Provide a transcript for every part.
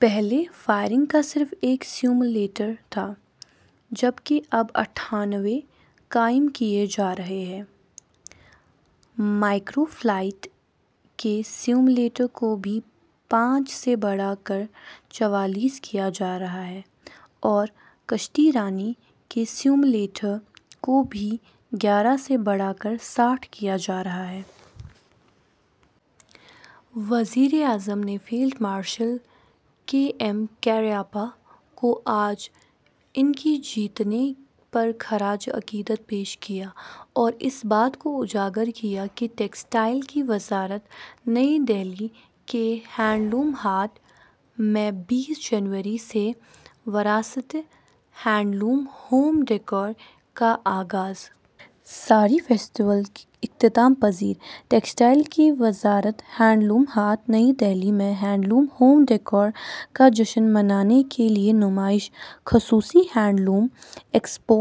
پہلے فائرنگ کا صرف ایک سیمولیٹر تھا، جب کہ اب اٹھانوے قائم کیے جا رہے ہیں۔ مائیکرو فلائٹ کے سیمولیٹر کو بھی پانچ سے بڑھا کر چوالیس کیا جا رہا ہے اور کشتی رانی کے سیمولیٹر کو بھی گیارہ سے بڑھا کر ساٹھ کیا جا رہا ہے۔ وزیر اعظم نے field marshal K M Cariappa کو آج ان کی جینتی پر خراجِ عقیدت پیش کیا اور اس بات کو اجاگر کیا کہ۔ ٹیکسٹائل کی وزارت نئی دہلی کے ہینڈلوم ہاٹ میں بیس جنوری سے ''وراست'' ہینڈلوم ہوم ڈیکور کا آغاز۔ ساڑی فیسٹیول اختتام پذیر۔ ٹیکسٹائل کی وزارت ہینڈلوم ہاٹ، نئی دہلی میں ہینڈلوم ہوم ڈیکور کا جشن منانے کے لیے نمائش، خصوصی ہینڈلوم ایکسپو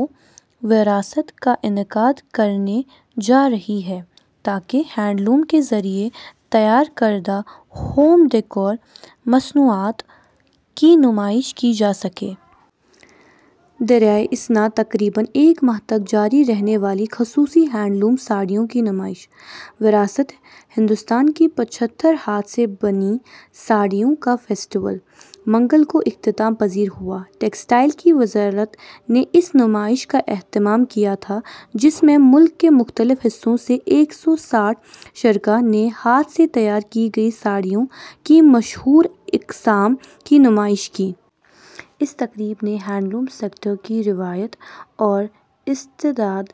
''وراست'' کا انعقاد کرنے جا رہی ہے، تاکہ ہینڈلوم کے ذریعے تیار کردہ ہوم ڈیکور مصنوعات کی نمائش کی جا سکے۔ دریں اثنا، تقریباً ایک ماہ تک جاری رہنے والی خصوصی ہینڈلوم ساڑیوں کی نمائش ''وراست''، ہندوستان کی پچہتر ہاتھ سے بنی ساڑیوں کا فیسٹیول، منگل کو اختتام پذیر ہوا۔ ٹیکسٹائل کی وزارت نے اس نمائش کا اہتمام کیا تھا، جس میں ملک کے مختلف حصوں سے ایک سو ساٹھ شرکاء نے ہاتھ سے تیار کی گئی ساڑیوں کی مشہور اقسام کی نمائش کی۔ اس تقریب نے ہینڈلوم سیکٹر کی روایت اور استعداد،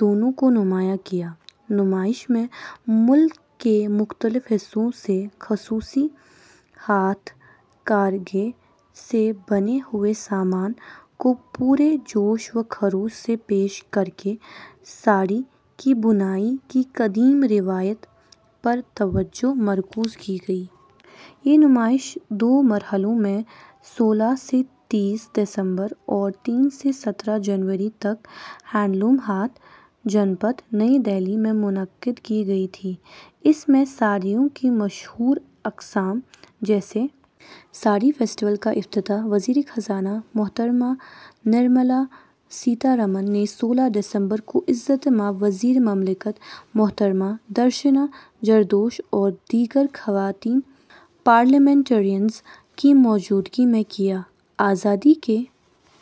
دونوں کو نمایاں کیا۔ نمائش میں ملک کے مختلف حصوں سے خصوصی ہتھ کرگھے سے بنے ہوئے سامان کو پورے جوش و خروش سے پیش کرکے ساڑی کی بنائی کی قدیم روایت پر توجہ مرکوز کی گئی۔ یہ نمائش دو مرحلوں میں سولہ سے تیس دسمبر اور تین سے سترہ جنوری تک ہینڈلوم ہاٹ، جن پتھ، نئی دہلی میں منعقد کی گئی تھی۔ اس میں ساڑیوں کی مشہور اقسام، جیسے ساڑی فیسٹیول کا افتتاح وزیر خزانہ محترمہ نرملا سیتا رمن نے سولہ دسمبر کو عزت مآب وزیر مملکت محترمہ درشنا جردوش اور دیگر خواتین پارلیمنٹیرینز کی موجودگی میں کیا۔ آزادی کے